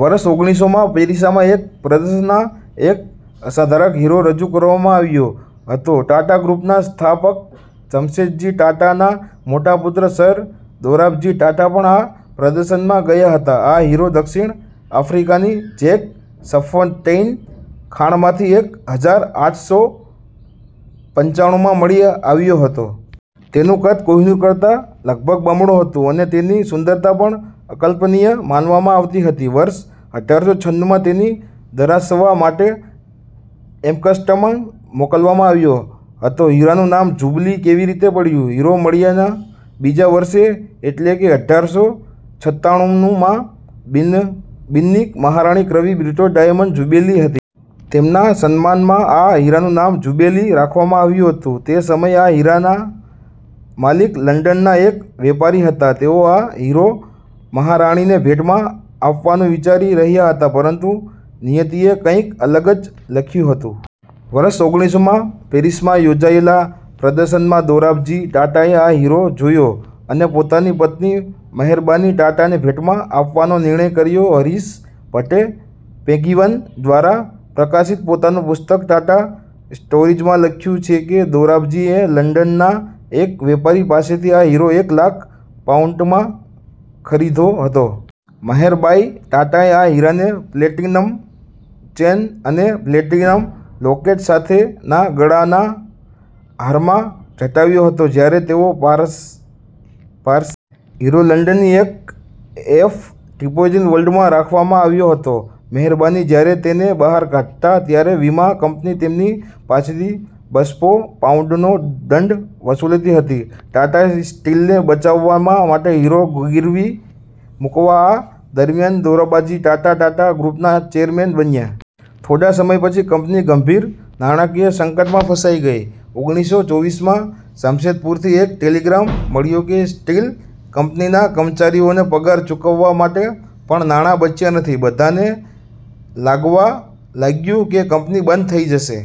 વર્ષ ઓગળીસોમાં પેરિસમાં એક પ્રદર્શનમાં એક અસાધારણ હીરો રજૂ કરવામાં આવ્યો હતો. ટાટા ગ્રૂપના સંસ્થાપક જમશેદજી ટાટાના મોટા પુત્ર સર દોરાબજી ટાટા પણ આ પ્રદર્શનમાં ગયા હતા. આ હીરો દક્ષિણ આફ્રિકાની જૅગર્સફૉન્ટેઇન ખાણમાંથી એક હજાર આઠ સો પંચાણુંમાં મળી આવ્યો હતો. તેનું કદ કોહિનૂર કરતાં લગભગ બમણું હતું અને તેની શુદ્ધતા પણ અકલ્પનીય માનવામાં આવતી હતી. વર્ષ અઢારસો છનુમાં તેને તરાશવા માટે એમ્સ્ટર્ડમ મોકલવામાં આવ્યો હતો. હીરાનું નામ “જુબલી” કેવી રીતે પડ્યું? હીરો મળ્યાના બીજા વર્ષે, એટલે કે અઢારસો સત્તાનુંમાં, બ્રિટનની મહારાણી ક્વીન વિક્ટોરિયાની ડાયમંડ જુબલી હતી. તેમના સન્માનમાં આ હીરાનું નામ “જુબલી” રાખવામાં આવ્યું હતું. તે સમયે આ હીરાના માલિક લંડનના એક વેપારી હતા. તેઓ આ હીરો મહારાણીને ભેટમાં આપવાનું વિચારી રહ્યા હતા. પરંતુ નિયતિએ કંઈક અલગ જ લખ્યું હતું. વર્ષ ઓગળીસોમાં પેરિસમાં યોજાયેલા પ્રદર્શનમાં દોરાબજી ટાટાએ આ હીરો જોયો અને પોતાની પત્ની મેહેરબાઈ ટાટાને ભેટમાં આપવાનો નિર્ણય કર્યો. હરીશ ભટે પેંગ્વિન દ્વારા પ્રકાશિત પોતાના પુસ્તક ટાટા સ્ટોરીઝમાં લખ્યું છે કે દોરાબજીએ લંડનના એક વેપારી પાસેથી આ હીરો એક લાખ પાઉન્ડમાં ખરીદ્યો હતો. મેહેરબાઈ ટાટાએ આ હીરાને પ્લેટિનમ ચેન અને પ્લેટિનમ લોકેટ સાથેના ગળાના હારમાં જડાવ્યો હતો. જ્યારે તેઓ પારસી સાડી સાથે આ હીરો પહેરતા, ત્યારે તેમની સુંદરતા જાણે બમણી થઈ જતી. દોરાબજી ટાટાએ આ હીરાનો ભારે ભરખમ વીમો પણ કરાવ્યો હતો. હીરો લંડનની એક સેફ ડિપોઝિટ વૉલ્ટમાં રાખવામાં આવતો હતો. મેહેરબાઈ જ્યારે તેને બહાર કાઢતા, ત્યારે વીમા કંપની તેમની પાસેથી બસ્સો પાઉન્ડનો દંડ વસૂલતી હતી. ટાટા સ્ટીલને બચાવવા માટે હીરો ગીરવે મૂકાયો આ દરમિયાન દોરાબજી ટાટા ટાટા ગ્રૂપના ચેરમેન બન્યા. થોડા સમય પછી કંપની ગંભીર નાણાકીય સંકટમાં ફસાઈ ગઈ. ઓગણીસો ચોવીસમાં જમશેદપુરથી એક ટેલિગ્રામ મળ્યો કે સ્ટીલ કંપનીના કર્મચારીઓને પગાર ચૂકવવા માટે પણ નાણાં બચ્યાં નથી. બધાને લાગવા લાગ્યું કે કંપની બંધ થઈ જશે.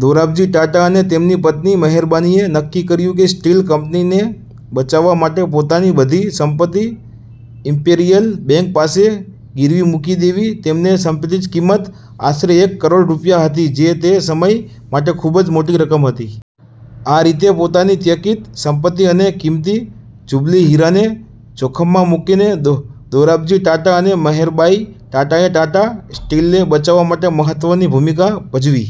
દોરાબજી ટાટા અને તેમની પત્ની મેહેરબાઈએ નક્કી કર્યું કે સ્ટીલ કંપનીને બચાવવા માટે પોતાની બધી સંપત્તિ ઈમ્પિરિયલ બેન્ક પાસે ગીરવે મૂકી દેવી. તેમની સંપત્તિની કિંમત આશરે એક કરોડ રૂપિયા હતી, જે તે સમય માટે ખૂબ મોટી રકમ હતી. આ રીતે, પોતાની વ્યક્તિગત સંપત્તિ અને કિંમતી જુબલી હીરાને જોખમમાં મૂકીને દોરાબજી ટાટા અને મેહેરબાઈ ટાટાએ ટાટા સ્ટીલને બચાવવામાં મહત્વની ભૂમિકા ભજવી.